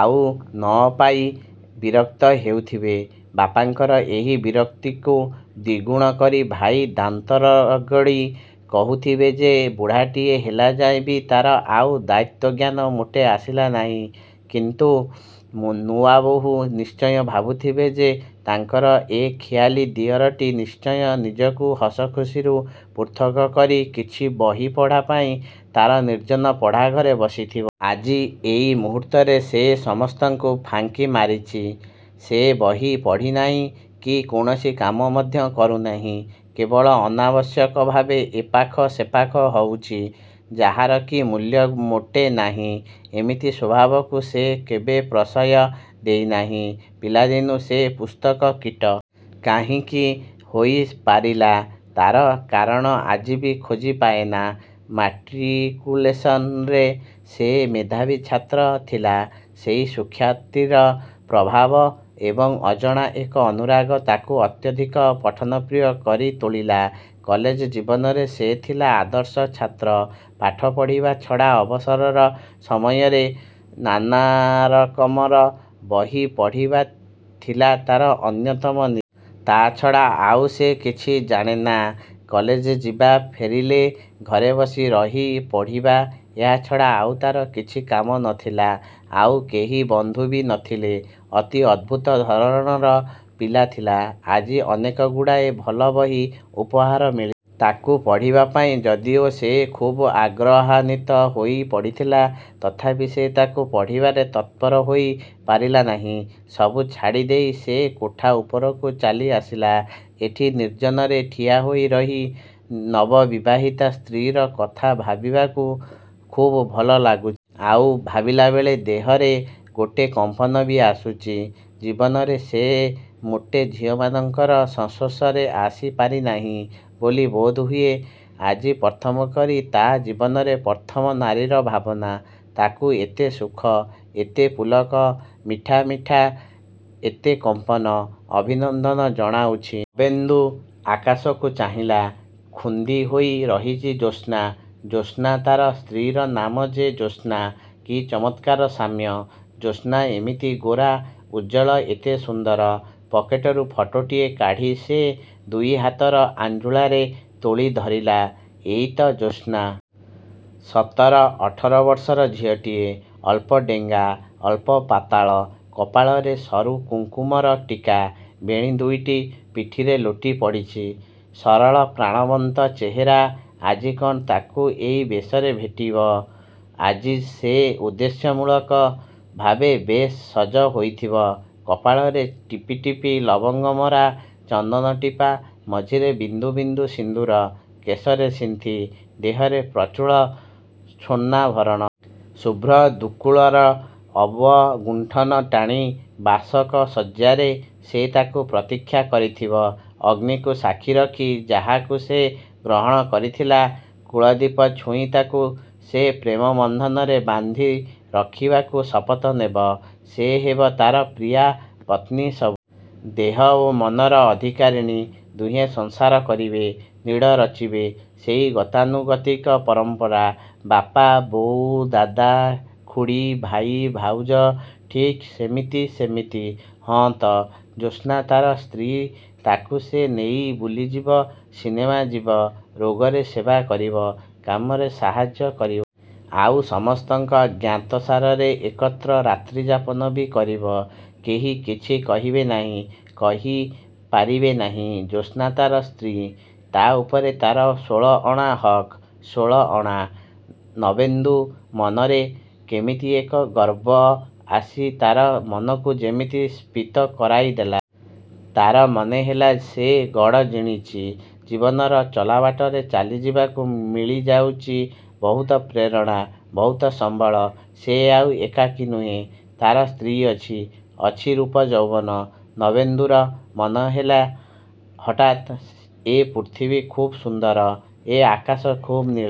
ଆଉ ନ ପାଇ ବିରକ୍ତ ହେଉଥିବେ। ବାପାଙ୍କର ଏହି ବିରକ୍ତିକୁ ଦ୍ଵିଗୁଣ କରି ଭାଇ ଦାନ୍ତରଗଡ଼ି କହୁଥିବେ ଯେ, ବୁଢ଼ାଟିଏ ହେଲାଯାଏ ବି ତାର ଆଉ ଦାୟିତ୍ଵଜ୍ଞାନ ମୋଟେ ଆସିଲା ନାହିଁ। କିନ୍ତୁ ନୂଆବୋଉ ନିଶ୍ଚୟ ଭାବୁଥିବେ ଯେ, ତାଙ୍କର ଏ ଖିଆଲୀ ଦିଅରଟି ନିଶ୍ଚୟ ନିଜକୁ ହସଖୁସିରୁ ପୃଥକ୍ କରି, କିଛି ବହି ପଢ଼ା ପାଇଁ ତା'ର ନିର୍ଜନ ପଢ଼ାଘରେ ବସିଥିବ। ଆଜି, ଏଇ ମୁହୂର୍ତ୍ତରେ ସେ ସମସ୍ତଙ୍କୁ ଫାଙ୍କି ମାରିଚି। ସେ ବହି ପଢ଼ିନାହିଁ କି କୌଣସି କାମ ମଧ୍ୟ କରୁନାହିଁ। କେବଳ ଅନାବଶ୍ୟକ ଭାବେ ଏପାଖ ସେପାଖ ହଉଚି, ଯାହାର କି ମୂଲ୍ୟ ମୋଟେ ନାହିଁ। ଏମିତି ସ୍ଵଭାବକୁ ସେ କେବେ ପ୍ରଶ୍ରୟ ଦେଇନାହିଁ। ପିଲାଦିନୁ ସେ ପୁସ୍ତକ କୀଟ। କାହିଁକି ହୋଇ ପାରିଲା, ତା'ର କାରଣ ଆଜି ବି ଖୋଜି ପାଏନା। ମାଟ୍ରିକ୍ୟୁଲେସନ୍‌ରେ ସେ ମେଧାବୀ ଛାତ୍ର ଥିଲା। ସେଇ ସୁଖ୍ୟାତିର ପ୍ରଭାବ ଏବଂ ଅଜଣା ଏକ ଅନୁରାଗ ତାକୁ ଅତ୍ୟଧିକ ପଠନପ୍ରିୟ କରି ତୋଳିଲା। କଲେଜ ଜୀବନରେ ସେ ଥିଲା ଆଦର୍ଶ ଛାତ୍ର ପାଠ ପଢ଼ିବା ଛଡ଼ା ଅବସର ସମୟରେ ନାନାରକମର ବହି ପଢ଼ିବା ଥିଲା ତାର ଅନ୍ୟତମ ନିଶା। ତା' ଛଡ଼ା ଆଉ ସେ କିଛି ଜାଣେ ନା। କଲେଜ ଯିବା, ଫେରିଲେ ଘରେ ବସି ରହି ପଢ଼ିବା, ଏହାଛଡ଼ା ଆଉ ତାର କିଛି କାମ ନ ଥିଲା। ଆଉ କେହି ବନ୍ଧୁ ବି ନ ଥିଲେ। ଅତି ଅଦ୍ଭୁତ ଧରଣର ପିଲା ଥିଲା। ଆଜି ଅନେକଗୁଡ଼ାଏ ଭଲ ବହି ଉପହାର ମିଳିଥିଲା। ତାକୁ ପଢ଼ିବା ପାଇଁ ଯଦିଓ ସେ ଖୁବ୍ ଆଗ୍ରହାନ୍ୱିତ ହୋଇ ପଡ଼ିଥିଲା, ତଥାପି ସେ ତାକୁ ପଢ଼ିବାରେ ତତ୍ପର ହୋଇ ପାରିଲା ନାହିଁ। ସବୁ ଛାଡ଼ି ଦେଇ ସେ କୋଠା ଉପରକୁ ଚାଲିଆସିଲା। ଏଠି ନିର୍ଜନରେ ଠିଆ ହୋଇ ରହି, ନବବିବାହିତା ସ୍ତ୍ରୀର କଥା ଭାବିବାକୁ ଖୁବ୍ ଭଲ ଲାଗୁଚି। ଆଉ ଭାବିଲାବେଳେ ଦେହରେ ଗୋଟେ କମ୍ପନ ବି ଆସୁଚି। ଜୀବନରେ ସେ ମୋଟେ ଝିଅମାନଙ୍କର ସଂସ୍ପର୍ଶରେ ଆସି ପାରିନାହିଁ ବୋଲି ବୋଧହୁଏ, ଆଜି ପ୍ରଥମ କରି ତା' ଜୀବନରେ ପ୍ରଥମ ନାରୀର ଭାବନା। ତାକୁ ଏତେ ସୁଖ, ଏତେ ପୁଲକ, ମିଠା ମିଠା ଏତେ କମ୍ପନ, ଅଭିନନ୍ଦନ ଜଣାଉଛି। ନବେନ୍ଦୁ ଆକାଶକୁ ଚାହିଁଲା ,ଖୁନ୍ଦି ହୋଇ ରହିଛି ଜ୍ୟୋତ୍ସ୍ନା! ଜ୍ୟୋତ୍ସ୍ନା ତା'ର ସ୍ତ୍ରୀର ନାମ ଯେ ଜ୍ୟୋତ୍ସ୍ନା ,କି ଚମତ୍କାର ସାମ୍ୟ? ଜ୍ୟୋତ୍ସ୍ନା ଏମିତି ଗୋରା, ଉଜ୍ଜ୍ୱଳ, ଏତେ ସୁନ୍ଦର? ପକେଟରୁ ଫଟୋଟିଏ କାଢ଼ି ସେ ଦୁଇ ହାତର ଆଞ୍ଜୁଳାରେ ତୋଳି ଧରିଲା। ଏଇ ତ ଜ୍ୟୋତ୍ସ୍ନା! ସତର ଅଠର ବର୍ଷର ଝିଅଟିଏ। ଅଳ୍ପ ଡେଙ୍ଗା, ଅଳ୍ପ ପାତଳ, କପାଳରେ ସରୁ କୁଙ୍କୁମର ଟୀକା। ବେଣୀ ଦୁଇଟି ପିଠିରେ ଲୋଟିପଡ଼ିଚି। ସରଳ, ପ୍ରାଣବନ୍ତ ଚେହେରା ଆଜି କ'ଣ ତାକୁ ଏଇ ବେଶରେ ଭେଟିବ? ଆଜି ସେ ଉଦ୍ଦେଶ୍ୟମୂଳକ ଭାବେ ବେଶ୍ ସଜ ହୋଇଥିବ। କପାଳରେ ଟିପି ଟିପି ଲବଙ୍ଗମରା ଚନ୍ଦନଟିପା, ମଝିରେ ବିନ୍ଦୁ ବିନ୍ଦୁ ସିନ୍ଦୂର, କେଶରେ ସିନ୍ଥି, ଦେହରେ ପ୍ରଚୁର ସ୍ଵର୍ଣ୍ଣାଭରଣ। ଶୁଭ୍ର ଦୁକୁଳର ଅବଗୁଣ୍ଠନ ଟାଣି, ବାସକ ଶଯ୍ୟାରେ ସେ ତାକୁ ପ୍ରତୀକ୍ଷା କରିଥିବ। ଅଗ୍ନିକୁ ସାକ୍ଷୀ ରଖି ଯାହାକୁ ସେ ଗ୍ରହଣ କରିଥିଲା, କୂଳଦୀପ ଛୁଇଁ ତାକୁ ସେ ପ୍ରେମ ବନ୍ଧନରେ ବାନ୍ଧି ରଖିବାକୁ ଶପଥ ନେବ। ସେ ହେବ ତାର ପ୍ରିୟା, ପତ୍ନୀ, ସବୁ। ଦେହ ଓ ମନର ଅଧିକାରିଣୀ। ଦୁହେଁ ସଂସାର କରିବେ, ନୀଡ଼ ରଚିବେ। ସେହି ଗତାନୁଗତିକ ପରମ୍ପରା। ବାପା, ବୋଉ, ଦାଦା, ଖୁଡ଼ୀ, ଭାଇ, ଭାଉଜ ଠିକ୍ ସେମିତି, ସେମିତି? ହଁ ତ, ଜ୍ୟୋତ୍ସ୍ନା ତାର ସ୍ତ୍ରୀ ତାକୁ ସେ ନେଇ ବୁଲିଯିବ, ସିନେମା ଯିବ, ରୋଗରେ ସେବା କରିବ, କାମରେ ସାହାଯ୍ୟ କରିବ। ଆଉ ସମସ୍ତଙ୍କ ଜ୍ଞାତସାରରେ ଏକତ୍ର ରାତ୍ରିଯାପନ ବି କରିବ। କେହି କିଛି କହିବେ ନାହିଁ, କହି ପାରିବେ ନାହିଁ। ଜ୍ୟୋତ୍ସ୍ନା ତା'ର ସ୍ତ୍ରୀ! ତା' ଉପରେ ତାର ଷୋଳ ଅଣା ହକ୍, ଷୋଳ ଅଣା! ନବେନ୍ଦୁ ମନରେ କେମିତି ଏକ ଗର୍ବ ଆସି ତାର ମନକୁ ଯେମିତି ସ୍ଫୀତ କରାଇ ଦେଲା। ତାର ମନେହେଲା ସେ ଗଡ଼ ଜିଣିଚି। ଜୀବନର ଚଲାବାଟରେ ଚାଲିଯିବାକୁ ମିଳିଯାଉଚି ବହୁତ ପ୍ରେରଣା, ବହୁତ ସମ୍ବଳ। ସେ ଆଉ ଏକାକୀ ନୁହେଁ! ତାର ସ୍ତ୍ରୀ ଅଛି! ଅଛି ରୂପ ଯୌବନ। ନବେନ୍ଦୁର ମନେହେଲା ହଠାତ୍, ଏ ପୃଥିବୀ ଖୁବ୍ ସୁନ୍ଦର। ଏ ଆକାଶ ଖୁବ୍ ନୀଳ!